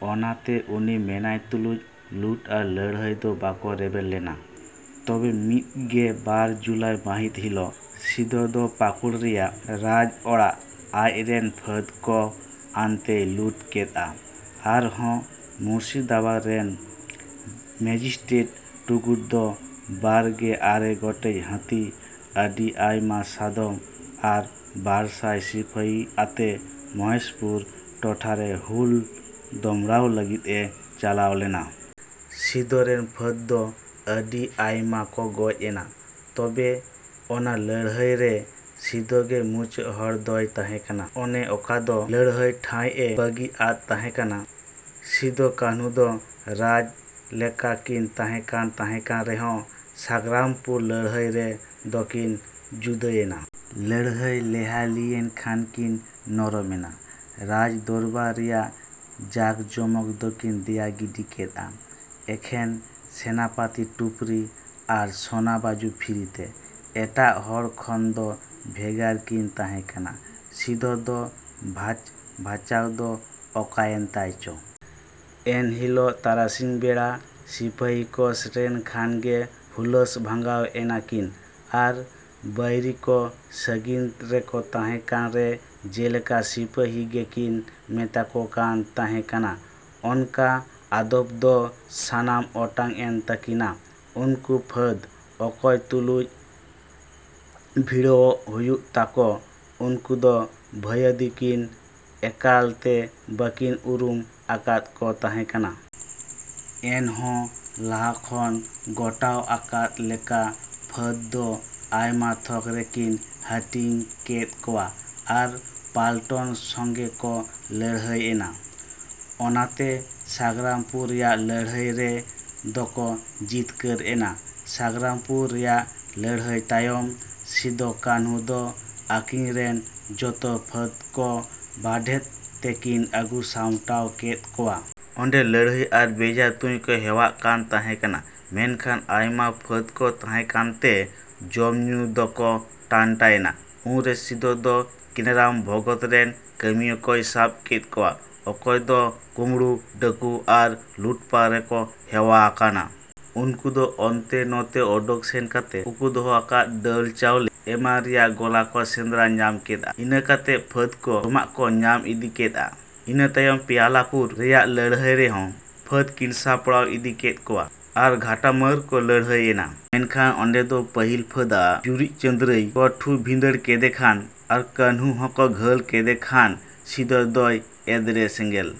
ᱚᱱᱟᱛᱮ ᱩᱱᱤ ᱢᱮᱱᱟᱭ ᱛᱩᱞᱩᱡ ᱞᱩᱴ ᱟᱨ ᱞᱟᱹᱲᱦᱟᱹᱭ ᱫᱚ ᱵᱟᱠᱚ ᱨᱮᱵᱮᱱ ᱞᱮᱱᱟ᱾ ᱛᱚᱵᱮ ᱢᱤᱫ ᱜᱮ ᱵᱟᱨ ᱡᱩᱞᱟᱭ ᱢᱟᱹᱦᱤᱛ ᱦᱤᱞᱚᱜ ᱥᱤᱫᱚ ᱫᱚ ᱯᱟᱠᱳᱲ ᱨᱮᱭᱟᱜ ᱨᱟᱡᱽ ᱚᱲᱟᱜ ᱟᱡ ᱨᱮᱱ ᱯᱷᱟᱹᱫᱽ ᱠᱚ ᱟᱱᱛᱮᱭ ᱞᱩᱴ ᱠᱮᱫ-ᱟ ᱟᱨ ᱦᱚᱸ ᱢᱩᱨᱥᱤᱫᱟᱵᱟᱫᱽ ᱨᱮᱱ ᱢᱮᱡᱤᱥᱴᱨᱮᱴ ᱴᱩᱜᱩᱰ ᱫᱚ ᱵᱟᱨ ᱜᱮ ᱟᱨᱮ ᱜᱚᱴᱮᱡ ᱦᱟᱹᱛᱤ ᱟᱹᱰᱤ ᱟᱭᱢᱟ ᱥᱟᱫᱚᱢ ᱟᱨ ᱵᱟᱨ ᱥᱟᱭ ᱥᱤᱯᱟᱹᱦᱤ ᱟᱛᱮ ᱢᱚᱦᱮᱥᱯᱩᱨ ᱴᱚᱴᱷᱟᱨᱮ ᱦᱩᱞ ᱫᱚᱢᱲᱟᱣ ᱞᱟᱹᱜᱤᱫ ᱮ ᱪᱟᱞᱟᱣ ᱞᱮᱱᱟ᱾ ᱥᱤᱫᱚ ᱨᱮᱱ ᱯᱷᱟᱹᱫᱽ ᱫᱚ ᱟᱹᱰᱤ ᱟᱭᱢᱟ ᱠᱚ ᱜᱚᱡ ᱮᱱᱟ᱾ ᱛᱚᱵᱮ ᱚᱱᱟ ᱞᱟᱹᱲᱦᱟᱹᱭ ᱨᱮ ᱥᱤᱫᱚ ᱜᱮ ᱢᱩᱪᱟᱹᱫ ᱦᱚᱲ ᱫᱚᱭ ᱛᱟᱦᱮᱸ ᱠᱟᱱᱟ᱾ ᱚᱱᱮ ᱚᱠᱟ ᱫᱚ ᱞᱟᱹᱲᱦᱟᱹᱭ ᱴᱷᱟᱹᱭ ᱮ ᱵᱟᱹᱜᱤ ᱟᱫ ᱛᱟᱦᱮᱸ ᱠᱟᱱᱟ ᱥᱤᱫᱚ ᱠᱟᱹᱱᱦᱩ ᱫᱚ ᱨᱟᱡᱽ ᱞᱮᱠᱟ ᱠᱤᱱ ᱛᱟᱦᱮᱸ ᱠᱟᱱ ᱛᱟᱦᱮᱸ ᱠᱟᱱ ᱨᱮᱦᱚᱸ ᱥᱟᱜᱽᱨᱟᱢᱯᱩᱨ ᱞᱟᱹᱲᱦᱟᱹᱭ ᱨᱮ ᱫᱚ ᱠᱤᱱ ᱡᱩᱫᱟᱹᱭᱮᱱᱟ᱾ ᱞᱟᱹᱲᱦᱟᱹᱭ ᱞᱮᱦᱟ ᱞᱤᱦᱤᱭᱮᱱ ᱠᱷᱟᱱ ᱠᱤᱱ ᱱᱚᱨᱚᱢ ᱮᱱᱟ᱾ ᱨᱟᱡᱽ ᱫᱚᱨᱵᱟᱨ ᱨᱮᱭᱟᱜ ᱡᱟᱠ ᱡᱚᱢᱚᱠ ᱫᱚᱠᱤᱱ ᱫᱮᱭᱟ ᱜᱤᱰᱤ ᱠᱮᱫ-ᱟ᱾ ᱮᱠᱷᱮᱱ ᱥᱮᱱᱟᱯᱟᱹᱛᱤ ᱴᱩᱯᱨᱤ ᱟᱨ ᱥᱚᱱᱟ ᱵᱟᱹᱡᱩ ᱯᱷᱤᱨᱤᱛᱮ ᱮᱴᱟᱜ ᱦᱚᱲ ᱠᱷᱚᱱ ᱫᱚ ᱵᱷᱮᱜᱟᱨ ᱠᱤᱱ ᱛᱟᱦᱮᱸ ᱠᱟᱱᱟ᱾ ᱥᱤᱫᱚ ᱫᱚ ᱵᱷᱟᱪ ᱵᱷᱟᱪᱟᱣ ᱫᱚ ᱚᱠᱟᱭᱮᱱ ᱛᱟᱭ ᱪᱚ᱾ ᱮᱱ ᱦᱤᱞᱚᱜ ᱛᱟᱨᱟᱥᱤᱧ ᱵᱮᱲᱟ ᱥᱤᱯᱟᱹᱦᱤ ᱠᱚ ᱥᱮᱴᱮᱨᱮᱱ ᱠᱷᱟᱱ ᱜᱮ ᱦᱩᱞᱟᱹᱥ ᱵᱷᱟᱸᱜᱟᱣ ᱮᱱᱟ ᱠᱤᱱ ᱟᱨ ᱵᱟᱹᱭᱨᱤ ᱠᱚ ᱥᱟᱺᱜᱤᱧ ᱨᱮᱠᱚ ᱛᱟᱦᱮᱸ ᱠᱟᱱ ᱨᱮ ᱡᱮᱞᱮᱠᱟ ᱱᱤᱦᱟᱹᱛ ᱜᱮᱠᱤᱱ ᱢᱮᱛᱟ ᱠᱚ ᱠᱟᱱ ᱛᱟᱦᱮᱸ ᱠᱟᱱᱟ᱾ ᱚᱱᱠᱟ ᱟᱫᱚᱯ ᱫᱚ ᱥᱟᱱᱟᱢ ᱚᱴᱟᱝ ᱮᱱ ᱛᱟᱹᱠᱤᱱᱟ ᱩᱱᱠᱩ ᱯᱷᱟᱹᱫᱽ ᱚᱠᱚᱭ ᱛᱩᱞᱩᱡ ᱵᱷᱤᱲᱟᱣᱚᱜ ᱦᱩᱭᱩᱜ ᱛᱟᱠᱚ ᱩᱱᱠᱩ ᱫᱚ ᱵᱷᱟᱹᱭᱟᱫᱤ ᱠᱤᱱ ᱮᱠᱟᱞᱛᱮ ᱵᱟᱹᱠᱤᱱ ᱩᱨᱩᱢ ᱟᱠᱟᱫ ᱠᱚ ᱛᱟᱦᱮᱸ ᱠᱟᱱᱟ᱾ ᱮᱱᱦᱚᱸ ᱞᱟᱦᱟ ᱠᱷᱚᱱ ᱜᱚᱴᱟᱣᱟᱠᱟᱫ ᱞᱮᱠᱟ ᱯᱷᱟᱹᱫᱽ ᱫᱚ ᱟᱭᱢᱟ ᱛᱷᱚᱠ ᱨᱮᱠᱤᱱ ᱦᱟᱹᱴᱤᱧ ᱠᱮᱫ ᱠᱚᱣᱟ ᱟᱨ ᱯᱟᱞᱴᱚᱱ ᱥᱚᱸᱜᱮ ᱠᱚ ᱞᱟᱹᱲᱦᱟᱹᱭ ᱮᱱᱟ᱾ ᱚᱱᱠᱟᱛᱮ ᱥᱟᱜᱽᱨᱟᱢᱯᱩᱨ ᱨᱮᱭᱟᱜ ᱞᱟᱹᱲᱦᱟᱹᱭ ᱨᱮ ᱫᱚᱠᱚ ᱡᱤᱛᱠᱟᱹᱨ ᱮᱱᱟ᱾ ᱥᱟᱜᱽᱨᱟᱢᱯᱩᱨ ᱨᱮᱭᱟᱜ ᱞᱟᱹᱲᱦᱟᱹᱭ ᱛᱟᱭᱚᱢ ᱥᱤᱫᱚ ᱠᱟᱹᱱᱦᱩ ᱫᱚ ᱟᱹᱠᱤᱱ ᱨᱮᱱ ᱡᱚᱛᱚ ᱯᱷᱟᱹᱫᱽ ᱠᱚ ᱵᱟᱰᱷᱮᱫ ᱛᱮᱠᱤᱱ ᱟᱹᱜᱩ ᱥᱟᱢᱴᱟᱣ ᱠᱮᱫ ᱠᱚᱣᱟ᱾ ᱚᱸᱰᱮ ᱞᱟᱹᱲᱦᱟᱹᱭ ᱟᱨ ᱵᱮᱡᱷᱟ ᱛᱩᱧ ᱠᱚ ᱦᱮᱣᱟᱜ ᱠᱟᱱ ᱛᱟᱦᱮᱸ ᱠᱟᱱᱟ᱾ ᱢᱮᱱᱠᱷᱟᱱ ᱟᱭᱢᱟ ᱯᱷᱟᱹᱫᱽ ᱠᱚ ᱛᱟᱦᱮᱸ ᱠᱟᱱᱛᱮ ᱡᱚᱢ ᱧᱩ ᱫᱚᱠᱚ ᱴᱟᱱᱴᱟᱭᱮᱱᱟ᱾ ᱩᱱᱨᱮ ᱥᱤᱫᱚ ᱫᱚ ᱠᱮᱱᱟᱨᱟᱢ ᱵᱷᱚᱜᱚᱛ ᱨᱮᱱ ᱠᱟᱹᱢᱤᱭᱟᱹ ᱠᱚᱭ ᱥᱟᱵ ᱠᱮᱫ ᱠᱚᱣᱟ᱾ ᱚᱠᱚᱭ ᱫᱚ ᱠᱩᱸᱢᱵᱽᱲᱩ ᱰᱟᱹᱠᱩ ᱟᱨ ᱞᱩᱴᱯᱟᱴ ᱨᱮᱠᱚ ᱦᱮᱣᱟ ᱟᱠᱟᱱᱟ᱾ ᱩᱱᱠᱩ ᱫᱚ ᱚᱱᱛᱮ ᱱᱚᱛᱮ ᱚᱰᱚᱠ ᱥᱮᱱ ᱠᱟᱛᱮ ᱩᱠᱩ ᱫᱚᱦᱚ ᱟᱠᱟᱫ ᱫᱟᱹᱞ ᱪᱟᱣᱞᱮ ᱮᱢᱟᱱ ᱨᱮᱭᱟᱜ ᱜᱚᱞᱟ ᱠᱚ ᱥᱮᱸᱫᱽᱨᱟ ᱧᱟᱢ ᱠᱮᱫ-ᱟ᱾ᱤᱱᱟᱹᱛᱮ ᱯᱷᱟᱹᱫᱽ ᱠᱚ ᱡᱚᱢᱟᱜ ᱠᱚ ᱧᱟᱢ ᱤᱫᱤ ᱠᱮᱫ-ᱟ᱾ ᱤᱱᱟᱹ ᱛᱟᱭᱚᱢ ᱯᱮᱭᱟᱞᱟᱯᱩᱨ ᱨᱮᱭᱟᱜ ᱞᱟᱹᱲᱦᱟᱹᱭ ᱨᱮᱦᱚᱸ ᱯᱷᱟᱹᱫᱽ ᱠᱤᱱ ᱥᱟᱯᱲᱟᱣ ᱤᱫᱤ ᱠᱮᱫ ᱠᱚᱣᱟ ᱟᱨ ᱜᱷᱟᱴᱟᱢᱟᱹᱨ ᱠᱚ ᱞᱟᱹᱲᱦᱟᱹᱭ ᱮᱱᱟ᱾ ᱢᱮᱱᱠᱷᱟᱱ ᱚᱸᱰᱮ ᱫᱚ ᱯᱟᱹᱦᱤᱞ ᱯᱷᱟᱹᱫᱽ ᱟᱜ ᱭᱩᱨᱤᱡ ᱪᱟᱸᱫᱽᱨᱟᱭ ᱠᱚ ᱴᱷᱩ ᱵᱷᱤᱸᱫᱟᱹᱲ ᱠᱮᱫᱮ ᱠᱷᱟᱱ ᱟᱨ ᱠᱟᱹᱱᱦᱩ ᱦᱚᱸᱠᱚ ᱜᱷᱟᱹᱞ ᱠᱮᱫᱮ ᱠᱷᱟᱱ ᱥᱤᱫᱚ ᱫᱚᱭ ᱮᱫᱽᱨᱮ ᱥᱮᱸᱜᱮᱞ᱾